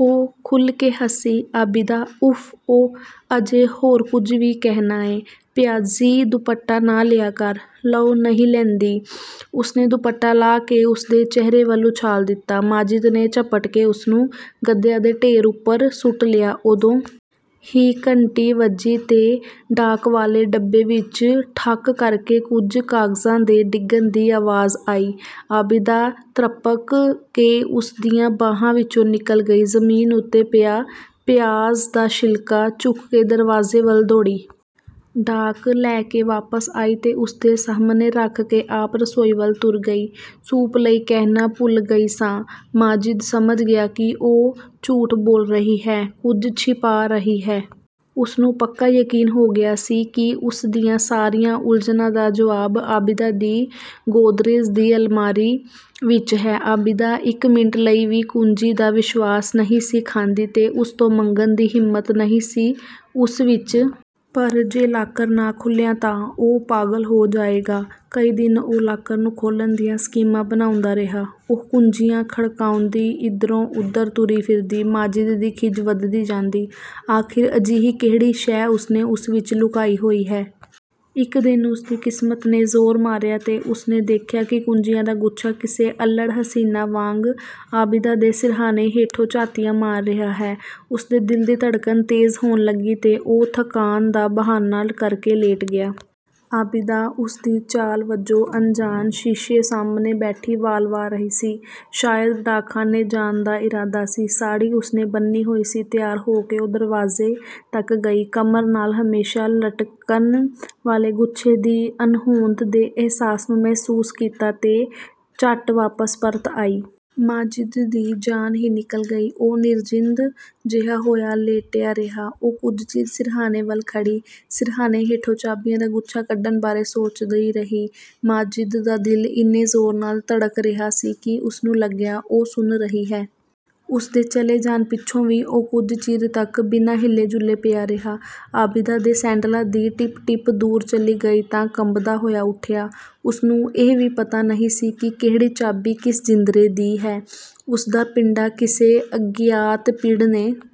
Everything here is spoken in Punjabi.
ਉਹ ਖੁੱਲ੍ਹ ਕੇ ਹੱਸੀ। "ਆਬਿਦਾ!" "ਉਫ਼-ਓ, ਅਜੇ ਹੋਰ ਕੁਝ ਵੀ ਕਹਿਣਾ ਹੈ?" "ਪਿਆਜ਼ੀ ਦੁਪੱਟਾ ਨਾ ਲਿਆ ਕਰ।" "ਲਓ ਨਹੀਂ ਲੈਂਦੀ।" ਉਸਨੇ ਦੁਪੱਟਾ ਲਾਹ ਕੇ ਉਸਦੇ ਚਿਹਰੇ ਵੱਲ ਉਛਾਲ ਦਿੱਤਾ। ਮਾਜਿਦ ਨੇ ਝਪਟ ਕੇ ਉਸਨੂੰ ਗੱਦਿਆਂ ਦੇ ਢੇਰ ਉੱਪਰ ਸੁੱਟ ਲਿਆ। ਉਦੋਂ ਹੀ ਘੰਟੀ ਵੱਜੀ ਤੇ ਡਾਕ ਵਾਲੇ ਡੱਬੇ ਵਿੱਚ ਠੱਕ ਕਰਕੇ ਕੁਝ ਕਾਗਜ਼ਾਂ ਦੇ ਡਿੱਗਣ ਦੀ ਆਵਾਜ਼ ਆਈ। ਆਬਿਦਾ ਤ੍ਰਭਕ ਕੇ ਉਸਦੀਆਂ ਬਾਹਾਂ ਵਿੱਚੋਂ ਨਿਕਲ ਗਈ। ਜ਼ਮੀਨ ਉੱਤੇ ਪਿਆ 'ਪਿਆਜ਼ ਦਾ ਛਿਲਕਾ' ਚੁੱਕ ਕੇ ਦਰਵਾਜ਼ੇ ਵੱਲ ਦੌੜੀ। ਡਾਕ ਲੈ ਕੇ ਵਾਪਸ ਆਈ ਤੇ ਉਸਦੇ ਸਾਹਮਣੇ ਰੱਖ ਕੇ ਆਪ ਰਸੋਈ ਵੱਲ ਤੁਰ ਗਈ, "ਸੂਪ ਲਈ ਕਹਿਣਾ ਭੁੱਲ ਗਈ ਸਾਂ।" ਮਾਜਿਦ ਸਮਝ ਗਿਆ ਕਿ ਉਹ ਝੂਠ ਬੋਲ ਰਹੀ ਹੈ, ਕੁਝ ਛਿਪਾ ਰਹੀ ਹੈ। ਉਸਨੂੰ ਪੱਕਾ ਯਕੀਨ ਹੋ ਗਿਆ ਸੀ ਕਿ ਉਸ ਦੀਆਂ ਸਾਰੀਆਂ ਉਲਝਣਾਂ ਦਾ ਜਵਾਬ ਆਬਿਦਾ ਦੀ ਗੋਦਰੇਜ ਦੀ ਅਲਮਾਰੀ ਵਿੱਚ ਹੈ। ਆਬਿਦਾ ਇੱਕ ਮਿੰਟ ਲਈ ਵੀ ਕੁੰਜੀ ਦਾ ਵਿਸ਼ਵਾਸ ਨਹੀਂ ਸੀ ਖਾਂਦੀ ਤੇ ਉਸ ਤੋਂ ਮੰਗਣ ਦੀ ਹਿੰਮਤ ਨਹੀਂ ਸੀ ਉਸ ਵਿੱਚ। ਪਰ ਜੇ ਲਾਕਰ ਨਾ ਖੁੱਲ੍ਹਿਆ ਤਾਂ ਉਹ ਪਾਗਲ ਹੋ ਜਾਏਗਾ। ਕਈ ਦਿਨ ਉਹ ਲਾਕਰ ਨੂੰ ਖੋਲ੍ਹਣ ਦੀਆਂ ਸਕੀਮਾਂ ਬਣਾਉਂਦਾ ਰਿਹਾ। ਉਹ ਕੁੰਜੀਆਂ ਖੜਕਾਉਂਦੀ ਇੱਧਰੋਂ-ਉੱਧਰ ਤੁਰੀ ਫਿਰਦੀ, ਮਾਜਿਦ ਦੀ ਖਿਝ ਵਧਦੀ ਜਾਂਦੀ। ਆਖਿਰ ਅਜਿਹੀ ਕਿਹੜੀ ਸ਼ੈ ਉਸਨੇ ਉਸ ਵਿੱਚ ਲੁਕਾਈ ਹੋਈ ਹੈ? ਇੱਕ ਦਿਨ ਉਸਦੀ ਕਿਸਮਤ ਨੇ ਜ਼ੋਰ ਮਾਰਿਆ ਤੇ ਉਸਨੇ ਦੇਖਿਆ ਕਿ ਕੁੰਜੀਆਂ ਦਾ ਗੁੱਛਾ ਕਿਸੇ ਅਲ੍ਹੜ ਹਸੀਨਾ ਵਾਂਗ ਆਬਿਦਾ ਦੇ ਸਿਰਹਾਣੇ ਹੇਠੋਂ ਝਾਤੀਆਂ ਮਾਰ ਰਿਹਾ ਹੈ। ਉਸਦੇ ਦਿਲ ਦੀ ਧੜਕਨ ਤੇਜ਼ ਹੋਣ ਲੱਗੀ ਤੇ ਉਹ ਥਕਾਨ ਦਾ ਬਹਾਨਾ ਕਰਕੇ ਲੇਟ ਗਿਆ। ਆਬਿਦਾ ਉਸਦੀ ਚਾਲ ਵੱਲੋਂ ਅਨਜਾਣ, ਸ਼ੀਸ਼ੇ ਸਾਹਮਣੇ ਬੈਠੀ ਵਾਲ ਵਾਹ ਰਹੀ ਸੀ। ਸ਼ਾਇਦ ਡਾਕਖਾਨੇ ਜਾਣ ਦਾ ਇਰਾਦਾ ਸੀ, ਸਾੜ੍ਹੀ ਉਸਨੇ ਬੰਨ੍ਹੀ ਹੋਈ ਸੀ। ਤਿਆਰ ਹੋ ਕੇ ਉਹ ਦਰਵਾਜ਼ੇ ਤੱਕ ਗਈ, ਕਮਰ ਨਾਲ ਹਮੇਸ਼ਾ ਲਟਕਣ ਵਾਲੇ ਗੁੱਛੇ ਦੀ ਅਣਹੋਂਦ ਦੇ ਅਹਿਸਾਸ ਨੂੰ ਮਹਿਸੂਸ ਕੀਤਾ ਤੇ ਝੱਟ ਵਾਪਸ ਪਰਤ ਆਈ। ਮਾਜਿਦ ਦੀ ਜਾਨ ਹੀ ਨਿਕਲ ਗਈ। ਉਹ ਨਿਰਜਿੰਦ ਜਿਹਾ ਹੋਇਆ ਲੇਟਿਆ ਰਿਹਾ। ਉਹ ਕੁਝ ਚਿਰ ਸਿਰਹਾਣੇ ਵੱਲ ਖੜ੍ਹੀ, ਸਿਰਹਾਣੇ ਹੇਠੋਂ ਚਾਬੀਆਂ ਦਾ ਗੁੱਛਾ ਕੱਢਣ ਬਾਰੇ ਸੋਚਦੀ ਰਹੀ। ਮਾਜਿਦ ਦਾ ਦਿਲ ਇੰਨੇ ਜ਼ੋਰ ਨਾਲ ਧੜਕ ਰਿਹਾ ਸੀ ਕਿ ਉਸਨੂੰ ਲੱਗਿਆ, ਉਹ ਸੁਣ ਰਹੀ ਹੈ। ਉਸਦੇ ਚਲੇ ਜਾਣ ਪਿੱਛੋਂ ਵੀ ਉਹ ਕੁਝ ਚਿਰ ਤੱਕ ਬਿਨਾਂ ਹਿੱਲੇ-ਜੁੱਲੇ ਪਿਆ ਰਿਹਾ। ਆਬਿਦਾ ਦੇ ਸੈਂਡਲਾਂ ਦੀ ਟਿਪ-ਟਿਪ ਦੂਰ ਚਲੀ ਗਈ ਤਾਂ ਕੰਬਦਾ ਹੋਇਆ ਉੱਠਿਆ। ਉਸਨੂੰ ਇਹ ਵੀ ਪਤਾ ਨਹੀਂ ਸੀ ਕਿ ਕਿਹੜੀ ਚਾਬੀ ਕਿਸ ਜਿੰਦਰੇ ਦੀ ਹੈ। ਉਸਦਾ ਪਿੰਡਾ ਕਿਸੇ ਅਗਿਆਤ ਪੀੜ ਨੇ